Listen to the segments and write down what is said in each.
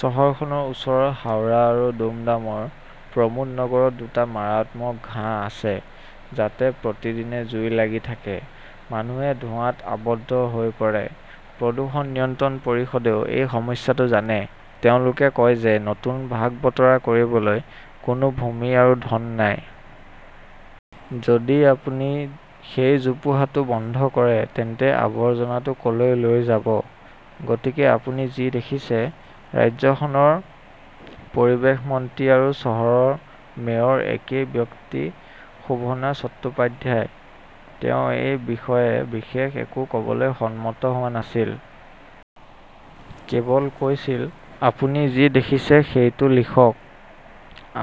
চহৰখনৰ ওচৰৰ হাওৰা আৰু দুমডামৰ প্ৰমোদনগৰত দুটা মাৰাত্মক ঘাঁহ আছে। যাতে প্ৰতিদিনে জুই লাগি থাকে, মানুহে ধোঁৱাত আৱদ্ধ হৈ পৰে। প্ৰদূষণ নিয়ন্ত্ৰণ পৰিষদেও এই সমস্যাটো জানে। তেওঁলোকে কয় যে নতুন ভাগ বতৰা কৰিবলৈ কোনো ভূমি আৰু ধন নাই। যদি আপুনি সেই জোপোহাটো বন্ধ কৰে তেন্তে আৱৰ্জনাটো কলৈ লৈ যাব? গতিকে আপুনি যি দেখিছে, ৰাজ্যখনৰ পৰিৱেশ মন্ত্ৰী আৰু চহৰৰ মেয়ৰ একেই ব্যক্তি শোভনা চট্টোপাধ্যায়। তেওঁ এই বিষয়ে বিশেষ একো কবলৈ সন্মত হোৱা নাছিল। কেৱল কৈছিল, আপুনি যি দেখিছে সেইটো লিখক।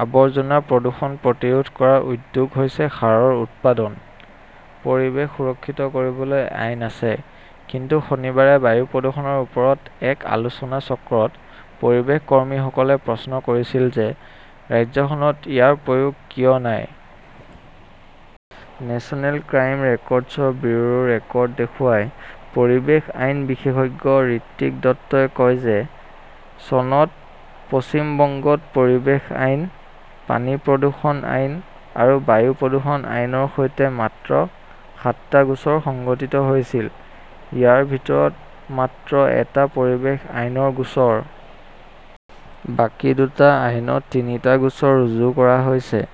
আৱৰ্জনা-প্ৰদূষণ প্ৰতিৰোধ কৰাৰ উদ্যোগ হৈছে সাৰৰ উৎপাদন। পৰিৱেশ সুৰক্ষিত কৰিবলৈ আইন আছে। কিন্তু শনিবাৰে বায়ু প্ৰদূষণৰ ওপৰত এক আলোচনাচক্ৰত পৰিৱেশ কৰ্মীসকলে প্ৰশ্ন কৰিছিল যে, ৰাজ্যখনত ইয়াৰ প্ৰয়োগ কিয় নাই? নেচনেল ক্ৰাইম ৰেকৰ্ডছ ব্যুৰোৰ ৰেকৰ্ড দেখুৱাই পৰিৱেশ আইন বিশেষজ্ঞ ঋত্বিক দত্তই কয় যে চনত পশ্চিম বংগত পৰিৱেশ আইন, পানী প্ৰদূষণ আইন আৰু বায়ু প্ৰদূষণ আইনৰ সৈতে মাত্ৰ সাতটা গোচৰ সংঘটিত হৈছিল। ইয়াৰ ভিতৰত মাত্ৰ এটা পৰিৱেশ আইনৰ গোচৰ! বাকী দুটা আইনত তিনিটা গোচৰ ৰুজু কৰা হৈছে।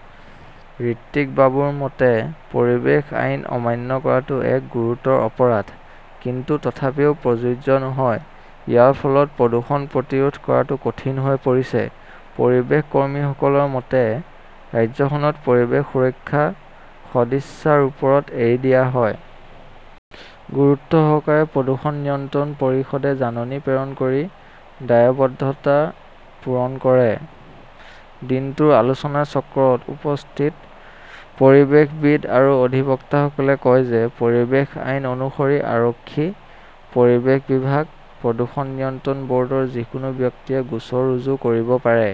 ঋত্বিক বাবুৰ মতে, পৰিৱেশ আইন অমান্য কৰাটো এক গুৰুতৰ অপৰাধ। কিন্তু তথাপিও প্ৰযোজ্য নহয়। ইয়াৰ ফলত প্ৰদূষণ প্ৰতিৰোধ কৰাটো কঠিন হৈ পৰিছে। পৰিৱেশ কৰ্মীসকলৰ মতে, ৰাজ্যখনত পৰিৱেশ সুৰক্ষা সদিচ্ছাৰ ওপৰত এৰি দিয়া হয়। গুৰুত্বসহকাৰে প্ৰদূষণ নিয়ন্ত্ৰণ পৰিষদে জাননী প্ৰেৰণ কৰি দায়বদ্ধতা পূৰণ কৰে। দিনটোৰ আলোচনাচক্ৰত উপস্থিত পৰিৱেশবিদ আৰু অধিবক্তাসকলে কয় যে পৰিৱেশ আইন অনুসৰি আৰক্ষী, পৰিৱেশ বিভাগ, প্ৰদূষণ নিয়ন্ত্ৰণ বৰ্ডৰ যিকোনো ব্যক্তিয়ে গোচৰ ৰুজু কৰিব পাৰে।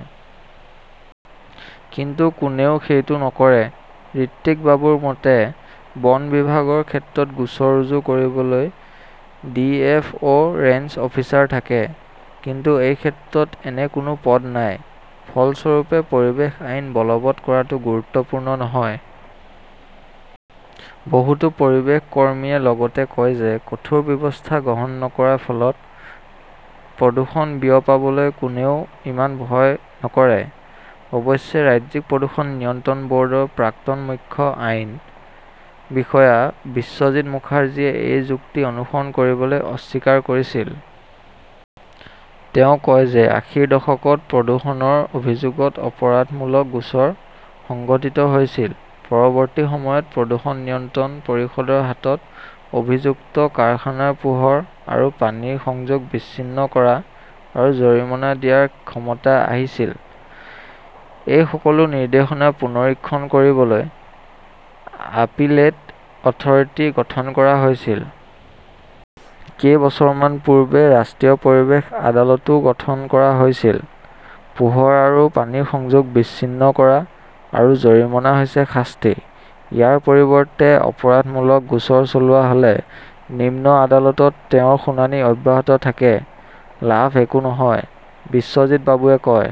কিন্তু কোনেও সেইটো নকৰে। ঋত্বিক বাবুৰ মতে, বন বিভাগৰ ক্ষেত্ৰত গোচৰ ৰুজু কৰিবলৈ D. F. O range officer থাকে। কিন্তু এই ক্ষেত্ৰত এনে কোনো পদ নাই। ফলস্বৰূপে, পৰিৱেশ আইন বলৱৎ কৰাটো গুৰুত্বপূৰ্ণ নহয়। বহুতো পৰিৱেশ কৰ্মীয়ে লগতে কয় যে কঠোৰ ব্যৱস্থা গ্ৰহণ নকৰাৰ ফলত প্ৰদূষণ বিয়পাবলৈ কোনেও ইমান ভয় নকৰে। অৱশ্যে, ৰাজ্যিক প্ৰদূষণ নিয়ন্ত্ৰণ বৰ্ডৰ প্ৰাক্তন মুখ্য আইন বিষয়া বিশ্বজিত মুখাৰ্জীয়ে এই যুক্তি অনুসৰণ কৰিবলৈ অস্বীকাৰ কৰিছিল। তেওঁ কয় যে আশীৰ দশকত প্ৰদূষণৰ অভিযোগত অপৰাধমূলক গোচৰ সংঘটিত হৈছিল। পৰৱৰ্তী সময়ত প্ৰদূষণ নিয়ন্ত্ৰণ পৰিষদৰ হাতত অভিযুক্ত কাৰখানাৰ পোহৰ আৰু পানীৰ সংযোগ বিচ্ছিন্ন কৰা আৰু জৰিমনা দিয়াৰ ক্ষমতা আহিছিল। এই সকলো নিৰ্দেশনা পুনৰীক্ষণ কৰিবলৈ 'আপিলেট অথৰিটি 'গঠন কৰা হৈছিল। কেইবছৰমান পূৰ্বে ৰাষ্ট্ৰীয় পৰিৱেশ আদালতও গঠন কৰা হৈছিল। পোহৰ আৰু পানীৰ সংযোগ বিচ্ছিন্ন কৰা আৰু জৰিমনা হৈছে শাস্তি। ইয়াৰ পৰিৱৰ্তে অপৰাধমূলক গোচৰ চলোৱা হলে নিম্ন আদালতত তেওঁৰ শুনানি অব্যাহত থাকে। লাভ একো নহয়, বিশ্বজিত বাবুৱে কয়।